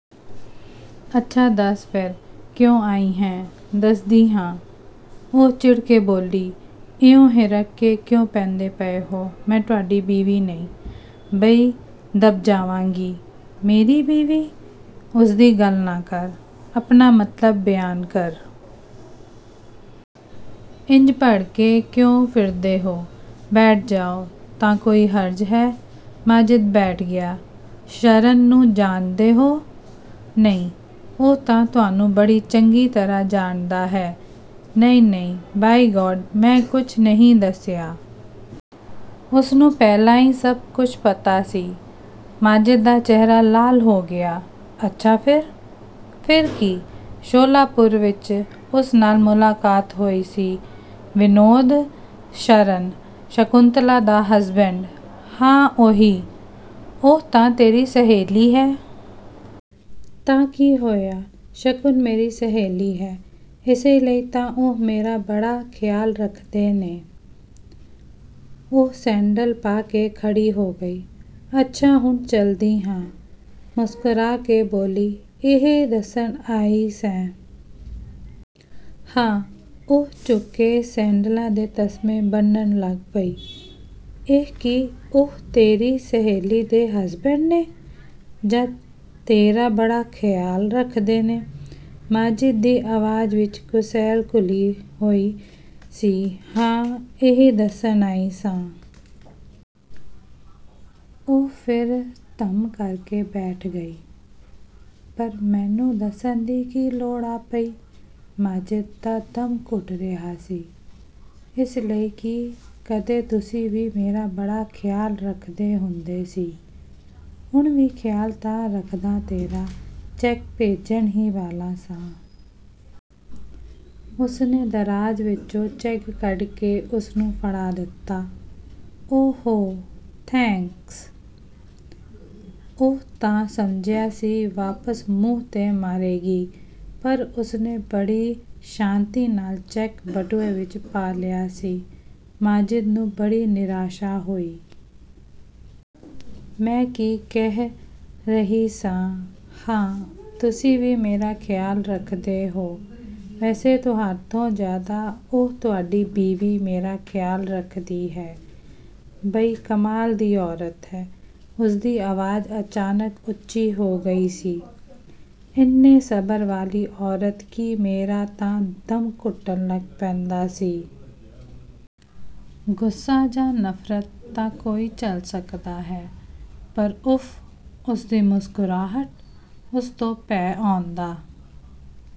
"ਅੱਛਾ ਦੱਸ ਫਿਰ, ਕਿਉਂ ਆਈ ਹੈਂ?" "ਦੱਸਦੀ ਹਾਂ," ਉਹ ਚਿੜ ਕੇ ਬੋਲੀ, "ਇਉਂ ਹਿਰਖ ਕੇ ਕਿਉਂ ਪੈਂਦੇ ਪਏ ਹੋ? ਮੈਂ ਤੁਹਾਡੀ ਬੀਵੀ ਨਹੀਂ, ਬਈ ਦਬ ਜਾਵਾਂਗੀ?" "ਮੇਰੀ ਬੀਵੀ, ਉਸਦੀ ਗੱਲ ਨਾ ਕਰ, ਆਪਣਾ ਮਤਲਬ ਬਿਆਨ ਕਰ।" "ਇੰਜ ਭੜਕੇ ਕਿਉਂ ਫਿਰਦੇ ਹੋ! ਬੈਠ ਜਾਓ, ਤਾਂ ਕੋਈ ਹਰਜ਼ ਹੈ?" ਮਾਜਿਦ ਬੈਠ ਗਿਆ। "ਸ਼ਰਨ ਨੂੰ ਜਾਣਦੇ ਹੋ?" "ਨਹੀਂ।" "ਉਹ ਤਾਂ ਤੁਹਾਨੂੰ ਬੜੀ ਚੰਗੀ ਤਰ੍ਹਾਂ ਜਾਣਦਾ ਹੈ, ਨਹੀਂ-ਨਹੀਂ, ਬਾਈ-ਗਾਡ ਮੈਂ ਕੁਝ ਨਹੀਂ ਦੱਸਿਆ। ਉਸਨੂੰ ਪਹਿਲਾਂ ਹੀ ਸਭ ਕੁਝ ਪਤਾ ਸੀ।" ਮਾਜਿਦ ਦਾ ਚਿਹਰਾ ਲਾਲ ਹੋ ਗਿਆ। "ਅੱਛਾ ਫਿਰ?" "ਫਿਰ ਕੀ? ਸ਼ੋਲਾਪੁਰ ਵਿੱਚ ਉਸ ਨਾਲ ਮੁਲਾਕਾਤ ਹੋਈ ਸੀ।" "ਵਿਨੋਦ ਸ਼ਰਨ, ਸ਼ਕੁੰਤਲਾ ਦਾ ਹਸਬੈਂਡ?" "ਹਾਂ-ਉਹੀ।" "ਉਹ ਤਾਂ ਤੇਰੀ ਸਹੇਲੀ ਹੈ?" "ਤਾਂ ਕੀ ਹੋਇਆ? ਸ਼ਕੁਨ ਮੇਰੀ ਸਹੇਲੀ ਹੈ। ਇਸੇ ਲਈ ਤਾਂ ਉਹ ਮੇਰਾ ਬੜਾ ਖ਼ਿਆਲ ਰੱਖਦੇ ਨੇ," ਉਹ ਸੈਂਡਲ ਪਾ ਕੇ ਖੜੀ ਹੋ ਗਈ, "ਅੱਛਾ ਹੁਣ ਚਲਦੀ ਹਾਂ।" ਮੁਸਕਰਾ ਕੇ ਬੋਲੀ। "ਇਹੀ ਦੱਸਣ ਆਈ ਸੈਂ?" "ਹਾਂ।" ਉਹ ਝੁਕ ਕੇ ਸੈਂਡਲਾਂ ਦੇ ਤਸਮੇ ਬੰਨ੍ਹਣ ਲੱਗ ਪਈ। "ਇਹ ਕਿ ਉਹ ਤੇਰੀ ਸਹੇਲੀ ਦੇ ਹਸਬੈਂਡ ਨੇ? ਜਾਂ ਤੇਰਾ ਬੜਾ ਖ਼ਿਆਲ ਰੱਖਦੇ ਨੇ?" ਮਾਜਿਦ ਦੀ ਆਵਾਜ਼ ਵਿੱਚ ਕੁਸੈਲ ਘੁਲੀ ਹੋਈ ਸੀ। "ਹਾਂ, ਇਹੀ ਦੱਸਣ ਆਈ ਸਾਂ।" ਉਹ ਫਿਰ 'ਧੱਮ' ਕਰਕੇ ਬੈਠ ਗਈ। "ਪਰ ਮੈਨੂੰ ਦੱਸਣ ਦੀ ਕੀ ਲੋੜ ਆ ਪਈ?" ਮਾਜਿਦ ਦਾ ਦਮ ਘੁੱਟ ਰਿਹਾ ਸੀ। "ਇਸ ਲਈ ਕਿ ਕਦੇ ਤੁਸੀਂ ਵੀ ਮੇਰਾ ਬੜਾ ਖ਼ਿਆਲ ਰੱਖਦੇ ਹੁੰਦੇ ਸੀ।" "ਹੁਣ ਵੀ ਖ਼ਿਆਲ ਤਾਂ ਰੱਖਦਾ ਤੇਰਾ, ਚੈੱਕ ਭੇਜਣ ਹੀ ਵਾਲਾ ਸਾਂ।" ਉਸਨੇ ਦਰਾਜ਼ ਵਿੱਚੋਂ ਚੈੱਕ ਕੱਢ ਕੇ ਉਸਨੂੰ ਫੜਾ ਦਿੱਤਾ। "ਓ-ਹੋ, ਥੈਂਕਸ।" ਉਹ ਤਾਂ ਸਮਝਿਆ ਸੀ ਵਾਪਸ ਮੂੰਹ 'ਤੇ ਮਾਰੇਗੀ ਪਰ ਉਸਨੇ ਬੜੀ ਸ਼ਾਂਤੀ ਨਾਲ ਚੈੱਕ ਬਟੂਏ ਵਿੱਚ ਪਾ ਲਿਆ ਸੀ। ਮਾਜਿਦ ਨੂੰ ਬੜੀ ਨਿਰਾਸ਼ਾ ਹੋਈ। "ਮੈ ਕੀ ਕਹਿ ਰਹੀ ਸਾਂ, ਹਾਂ, ਤੁਸੀਂ ਵੀ ਮੇਰਾ ਖ਼ਿਆਲ ਰੱਖਦੇ ਹੋ। ਵੈਸੇ ਤੁਹਾਥੋਂ ਜ਼ਿਆਦਾ ਤਾਂ ਉਹ, ਤੁਹਾਡੀ ਬੀਵੀ ਮੇਰਾ ਖ਼ਿਆਲ ਰੱਖਦੀ ਹੈ। ਬਈ ਕਮਾਲ ਦੀ ਔਰਤ ਹੈ!" ਉਸਦੀ ਆਵਾਜ਼ ਅਚਾਨਕ ਉੱਚੀ ਹੋ ਗਈ ਸੀ, "ਇੰਨੇ ਸਬਰ ਵਾਲੀ ਔਰਤ ਕਿ ਮੇਰਾ ਤਾਂ ਦਮ ਘੁੱਟਣ ਲੱਗ ਪੈਂਦਾ ਸੀ। ਗੁੱਸਾ ਜਾਂ ਨਫ਼ਰਤ ਤਾਂ ਕੋਈ ਝੱਲ ਸਕਦਾ ਹੈ, ਪਰ ਉਫ਼! ਉਸਦੀ ਮੁਸਕਰਾਹਟ, ਉਸ ਤੋਂ ਭੈ ਆਉਂਦਾ"